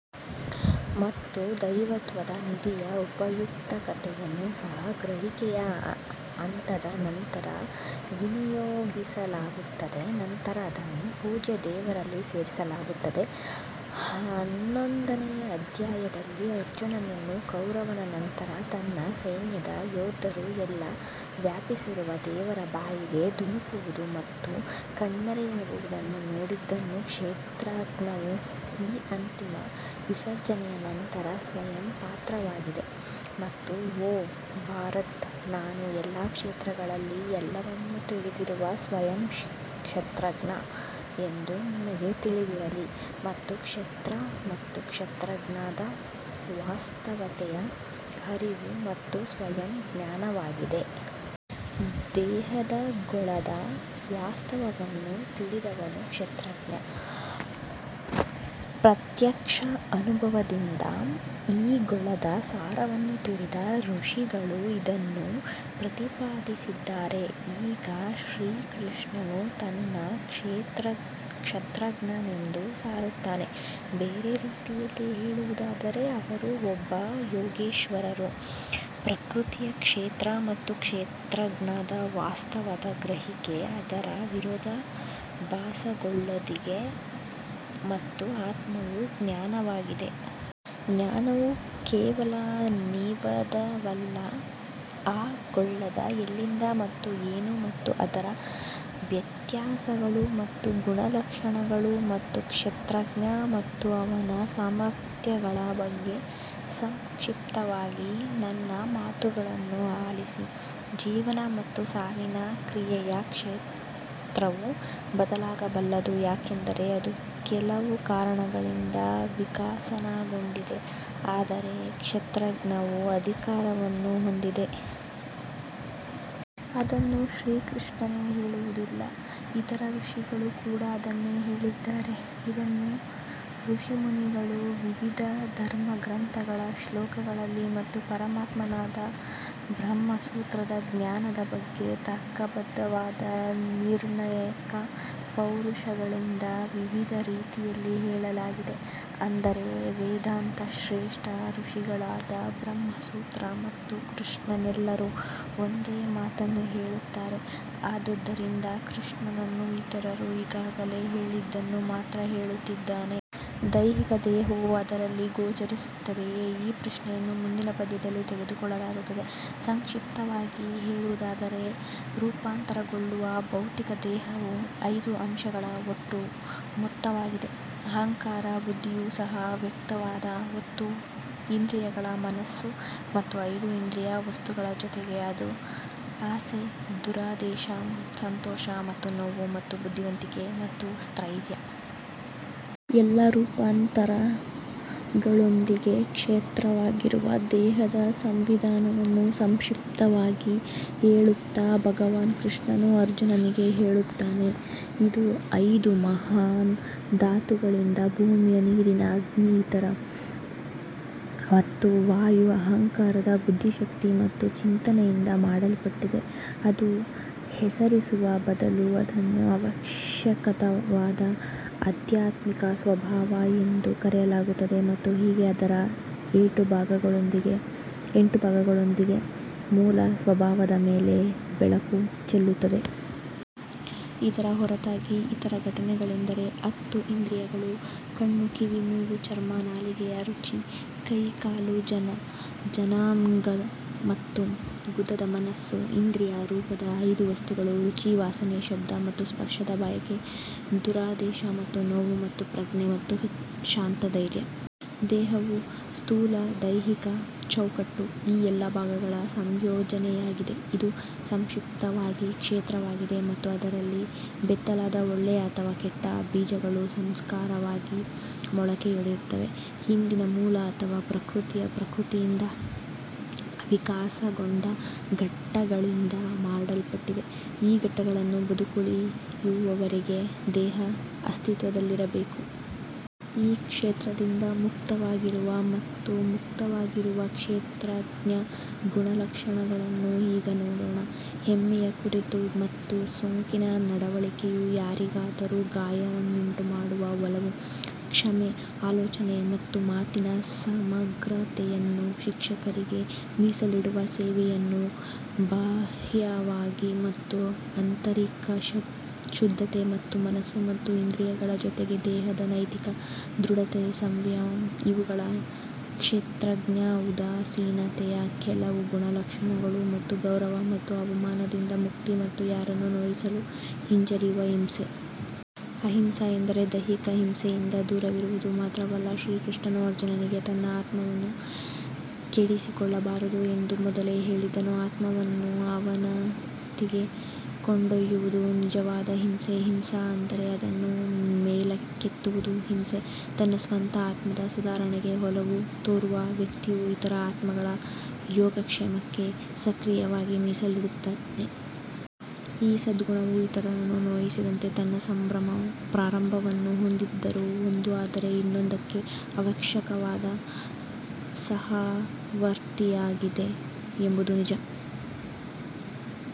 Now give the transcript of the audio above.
ಮತ್ತು ದೈವತ್ವದ ನಿಧಿಯ ಉಪಯುಕ್ತತೆಯನ್ನು ಸಹ ಗ್ರಹಿಕೆಯ ಹಂತದ ನಂತರ ವಿನಿಯೋಗಿಸಲಾಗುತ್ತದೆ ನಂತರ ಅದನ್ನು ಪೂಜ್ಯ ದೇವರಲ್ಲಿ ಸೇರಿಸಲಾಗುತ್ತದೆ. ಹನ್ನೊಂದನೇ ಅಧ್ಯಾಯದಲ್ಲಿ ಅರ್ಜುನನು ಕೌರವನ ನಂತರ ತನ್ನ ಸೈನ್ಯದ ಯೋಧರು ಎಲ್ಲಾ ವ್ಯಾಪಿಸಿರುವ ದೇವರ ಬಾಯಿಗೆ ಧುಮುಕುವುದು ಮತ್ತು ಕಣ್ಮರೆಯಾಗುವುದನ್ನು ನೋಡಿದನು. ಕ್ಷೇತ್ರಜ್ಞವು ಈ ಅಂತಿಮ ವಿಸರ್ಜನೆಯ ನಂತರ ಸ್ವಯಂ ಪಾತ್ರವಾಗಿದೆ ಮತ್ತು ಓ ಭರತ್ ನಾನು ಎಲ್ಲಾ ಕ್ಷೇತ್ರಗಳಲ್ಲಿ ಎಲ್ಲವನ್ನೂ ತಿಳಿದಿರುವ ಸ್ವಯಂ ಕ್ಷೇತ್ರಜ್ಞ ಎಂದು ನಿಮಗೆ ತಿಳಿದಿರಲಿ ಮತ್ತು ಕ್ಷೇತ್ರ ಮತ್ತು ಕ್ಷೇತ್ರಜ್ಞಾನದ ವಾಸ್ತವತೆಯ ಅರಿವು ಮತ್ತು ಸ್ವಯಂ ಜ್ಞಾನವಾಗಿದೆ. ದೇಹದ ಗೋಳದ ವಾಸ್ತವವನ್ನು ತಿಳಿದವನು ಕ್ಷೇತ್ರಜ್ಞ ಪ್ರತ್ಯಕ್ಷ ಅನುಭವದಿಂದ ಈ ಗೋಳದ ಸಾರವನ್ನು ತಿಳಿದ ಋಷಿಗಳು ಇದನ್ನು ಪ್ರತಿಪಾದಿಸಿದ್ದಾರೆ. ಈಗ ಶ್ರೀಕೃಷ್ಣನು ತಾನೂ ಕ್ಷೇತ್ರಜ್ಞನೆಂದು ಸಾರುತ್ತಾನೆ ಬೇರೆ ರೀತಿಯಲ್ಲಿ ಹೇಳುವುದಾದರೆ ಅವರೂ ಒಬ್ಬ ಯೋಗೇಶ್ವರರು ಪ್ರಕೃತಿಯ ಕ್ಷೇತ್ರ ಮತ್ತು ಕ್ಷೇತ್ರಜ್ಞದ ವಾಸ್ತವದ ಗ್ರಹಿಕೆ ಅದರ ವಿರೋಧಾಭಾಸಗಳೊಂದಿಗೆ ಮತ್ತು ಆತ್ಮವು ಜ್ಞಾನವಾಗಿದೆ. ಜ್ಞಾನವು ಕೇವಲ ವಿವಾದವಲ್ಲ ಆ ಗೋಳದ ಎಲ್ಲಿಂದ ಮತ್ತು ಏನು ಮತ್ತು ಅದರ ವ್ಯತ್ಯಾಸಗಳು ಮತ್ತು ಗುಣಲಕ್ಷಣಗಳು ಮತ್ತು ಕ್ಷೇತ್ರಜ್ಞ ಮತ್ತು ಅವನ ಸಾಮರ್ಥ್ಯಗಳ ಬಗ್ಗೆ ಸಂಕ್ಷಿಪ್ತವಾಗಿ ನನ್ನ ಮಾತುಗಳನ್ನು ಆಲಿಸಿ. ಜೀವನ ಮತ್ತು ಸಾವಿನ ಕ್ರಿಯೆಯ ಕ್ಷೇತ್ರವು ಬದಲಾಗಬಲ್ಲದು ಏಕೆಂದರೆ ಅದು ಕೆಲವು ಕಾರಣಗಳಿಂದ ವಿಕಸನಗೊಂಡಿದೆ ಆದರೆ ಕ್ಷೇತ್ರಜ್ಞವು ಅಧಿಕಾರವನ್ನು ಹೊಂದಿದೆ. ಇದನ್ನು ಶ್ರೀಕೃಷ್ಣನೇ ಹೇಳುವುದಿಲ್ಲ ಇತರ ಋಷಿಗಳು ಕೂಡ ಇದನ್ನೇ ಹೇಳಿದ್ದಾರೆ ಇದನ್ನು ಋಷಿಮುನಿಗಳು ವಿವಿಧ ಧರ್ಮಗ್ರಂಥಗಳ ಶ್ಲೋಕಗಳಲ್ಲಿ ಮತ್ತು ಪರಮಾತ್ಮನಾದ ಬ್ರಹ್ಮಸೂತ್ರದ ಜ್ಞಾನದ ಬಗ್ಗೆ ತರ್ಕಬದ್ಧವಾದ ನಿರ್ಣಾಯಕ ಪೌರುಷಗಳಿಂದ ವಿವಿಧ ರೀತಿಯಲ್ಲಿ ಹೇಳಲಾಗಿದೆ. ಅಂದರೆ ವೇದಾಂತ ಶ್ರೇಷ್ಠ ಋಷಿಗಳಾದ ಬ್ರಹ್ಮಸೂತ್ರ ಮತ್ತು ಶ್ರೀಕೃಷ್ಣನೆಲ್ಲರೂ ಒಂದೇ ಮಾತನ್ನು ಹೇಳುತ್ತಾರೆ ಆದುದರಿಂದ ಶ್ರೀಕೃಷ್ಣನು ಇತರರು ಈಗಾಗಲೇ ಹೇಳಿದ್ದನ್ನು ಮಾತ್ರ ಹೇಳುತ್ತಿದ್ದಾನೆ. ದೈಹಿಕ ದೇಹವು ಅದರಲ್ಲಿ ಗೋಚರಿಸುತ್ತದೆಯೇ ಈ ಪ್ರಶ್ನೆಯನ್ನು ಮುಂದಿನ ಪದ್ಯದಲ್ಲಿ ತೆಗೆದುಕೊಳ್ಳಲಾಗಿದೆ. ಸಂಕ್ಷಿಪ್ತವಾಗಿ ಹೇಳುವುದಾದರೆ ರೂಪಾಂತರಗೊಳ್ಳುವ ಭೌತಿಕ ದೇಹವು ಐದು ಅಂಶಗಳ ಒಟ್ಟು ಮೊತ್ತವಾಗಿದೆ ಅಹಂಕಾರ ಬುದ್ಧಿಯು ಸಹ ಅವ್ಯಕ್ತವಾದ ಹತ್ತು ಇಂದ್ರಿಯಗಳ ಮನಸ್ಸು ಮತ್ತು ಐದು ಇಂದ್ರಿಯ ವಸ್ತುಗಳ ಜೊತೆಗೆ ಆಸೆ ದುರುದ್ದೇಶ ಸಂತೋಷ ಮತ್ತು ನೋವು ಮತ್ತು ಬುದ್ಧಿವಂತಿಕೆ ಮತ್ತು ಸ್ಥೈರ್ಯ. ಎಲ್ಲಾ ರೂಪಾಂತರಗಳೊಂದಿಗೆ ಕ್ಷೇತ್ರವಾಗಿರುವ ದೇಹದ ಸಂವಿಧಾನವನ್ನು ಸಂಕ್ಷಿಪ್ತವಾಗಿ ಹೇಳುತ್ತಾ ಭಗವಾನ್ ಕೃಷ್ಣನು ಅರ್ಜುನನಿಗೆ ಹೇಳುತ್ತಾನೆ ಇದು ಐದು ಮಹಾನ್ ಧಾತುಗಳಿಂದ ಭೂಮಿಯ ನೀರಿನ ಅಗ್ನಿ ಈಥರ್ ಮತ್ತು ವಾಯು ಅಹಂಕಾರದ ಬುದ್ಧಿಶಕ್ತಿ ಮತ್ತು ಚಿಂತನೆಯಿಂದ ಮಾಡಲ್ಪಟ್ಟಿದೆ ಎಂದು ಹೆಸರಿಸುವ ಬದಲು ಅದನ್ನು ಅವ್ಯಕ್ತವಾದ ಆಧ್ಯಾತ್ಮಿಕ ಸ್ವಭಾವ ಎಂದು ಕರೆಯಲಾಗುತ್ತದೆ ಮತ್ತು ಹೀಗೆ ಅದರ ಎಂಟು ಭಾಗಗಳೊಂದಿಗೆ ಮೂಲ ಸ್ವಭಾವದ ಮೇಲೆ ಬೆಳಕು ಚೆಲ್ಲುತ್ತದೆ. ಇದರ ಹೊರತಾಗಿ ಇತರ ಘಟಕಗಳೆಂದರೆ ಹತ್ತು ಇಂದ್ರಿಯಗಳು ಕಣ್ಣು ಕಿವಿ ಮೂಗು ಚರ್ಮ ನಾಲಿಗೆಯ ರುಚಿ ಕೈ ಕಾಲು ಜನನಾಂಗ ಮತ್ತು ಗುದದ ಮನಸ್ಸು ಇಂದ್ರಿಯ ರೂಪದ ಐದು ವಸ್ತುಗಳು ರುಚಿ ವಾಸನೆ ಶಬ್ದ ಮತ್ತು ಸ್ಪರ್ಶದ ಬಯಕೆ ದುರುದ್ದೇಶ ಮತ್ತು ನೋವು ಮತ್ತು ಪ್ರಜ್ಞೆ ಮತ್ತು ಶಾಂತ ಧೈರ್ಯ. ದೇಹವು ಸ್ಥೂಲ ದೈಹಿಕ ಚೌಕಟ್ಟು ಈ ಎಲ್ಲಾ ಭಾಗಗಳ ಸಂಯೋಜನೆಯಾಗಿದೆ ಇದು ಸಂಕ್ಷಿಪ್ತವಾಗಿ ಕ್ಷೇತ್ರವಾಗಿದೆ ಮತ್ತು ಅದರಲ್ಲಿ ಬಿತ್ತಲಾದ ಒಳ್ಳೆಯ ಅಥವಾ ಕೆಟ್ಟ ಬೀಜಗಳು ಸಂಸ್ಕಾರವಾಗಿ ಮೊಳಕೆಯೊಡೆಯುತ್ತವೆ ಹಿಂದಿನ ಮೂಲ ಅಥವಾ ಪ್ರಕೃತಿ ಪ್ರಕೃತಿಯಿಂದ ವಿಕಸನಗೊಂಡ ಘಟಕಗಳಿಂದ ಮಾಡಲ್ಪಟ್ಟಿದೆ ಈ ಘಟಕಗಳು ಬದುಕುಳಿಯುವವರೆಗೆ ದೇಹವು ಅಸ್ತಿತ್ವದಲ್ಲಿರಬೇಕು. ಈ ಕ್ಷೇತ್ರದಿಂದ ಮುಕ್ತವಾಗಿರುವ ಮತ್ತು ಮುಕ್ತವಾಗಿರುವ ಕ್ಷೇತ್ರಜ್ಞನ ಗುಣಲಕ್ಷಣಗಳನ್ನು ಈಗ ನೋಡೋಣ. ಹೆಮ್ಮೆಯ ಕೊರತೆ ಮತ್ತು ಸೊಕ್ಕಿನ ನಡವಳಿಕೆಯು ಯಾರಿಗಾದರೂ ಗಾಯವನ್ನುಂಟುಮಾಡುವ ಒಲವು ಕ್ಷಮೆ ಆಲೋಚನೆ ಮತ್ತು ಮಾತಿನ ಸಮಗ್ರತೆಯನ್ನು ಶಿಕ್ಷಕರಿಗೆ ಮೀಸಲಿಡುವ ಸೇವೆಯನ್ನು ಬಾಹ್ಯವಾಗಿ ಮತ್ತು ಆಂತರಿಕ ಶುದ್ಧತೆ ಮತ್ತು ಮನಸ್ಸು ಮತ್ತು ಇಂದ್ರಿಯಗಳ ಜೊತೆಗೆ ದೇಹದ ನೈತಿಕ ದೃಢತೆ ಸಂಯಮ ಇವುಗಳು ಕ್ಷೇತ್ರಜ್ಞನ ಉದಾಸೀನತೆಯ ಕೆಲವು ಗುಣಲಕ್ಷಣಗಳು ಮತ್ತು ಗೌರವ ಮತ್ತು ಅವಮಾನದಿಂದ ಮುಕ್ತಿ ಮತ್ತು ಯಾರನ್ನೂ ನೋಯಿಸಲು ಹಿಂಜರಿಯುವ ಅಹಿಂಸೆ. ಅಹಿಂಸಾ ಎಂದರೆ ದೈಹಿಕ ಹಿಂಸೆಯಿಂದ ದೂರವಿರುವುದು ಮಾತ್ರವಲ್ಲ ಶ್ರೀಕೃಷ್ಣನು ಅರ್ಜುನನಿಗೆ ತನ್ನ ಆತ್ಮವನ್ನು ಕೆಡಿಸಿಕೊಳ್ಳಬಾರದು ಎಂದು ಮೊದಲೇ ಹೇಳಿದನು ಆತ್ಮವನ್ನು ಅವನತಿಗೆ ಕೊಂಡೊಯ್ಯುವುದು ನಿಜವಾದ ಹಿಂಸೆ ಹಿಂಸಾ ಆದರೆ ಅದನ್ನು ಮೇಲಕ್ಕೆತ್ತುವುದು ಅಹಿಂಸೆ. ತನ್ನ ಸ್ವಂತ ಆತ್ಮದ ಸುಧಾರಣೆಗೆ ಒಲವು ತೋರುವ ವ್ಯಕ್ತಿಯು ಇತರ ಆತ್ಮಗಳ ಯೋಗಕ್ಷೇಮಕ್ಕೆ ಸಕ್ರಿಯವಾಗಿ ಮೀಸಲಿಡುತ್ತಾನೆ. ಈ ಸದ್ಗುಣವು ಇತರರನ್ನು ನೋಯಿಸದಂತೆ ತನ್ನ ಪ್ರಾರಂಭವನ್ನು ಹೊಂದಿದ್ದರೂ ಒಂದು ಆದರೆ ಇನ್ನೊಂದಕ್ಕೆ ಅವಶ್ಯಕವಾದ ಸಹವರ್ತಿಯಾಗಿದೆ ಎಂಬುದು ನಿಜ.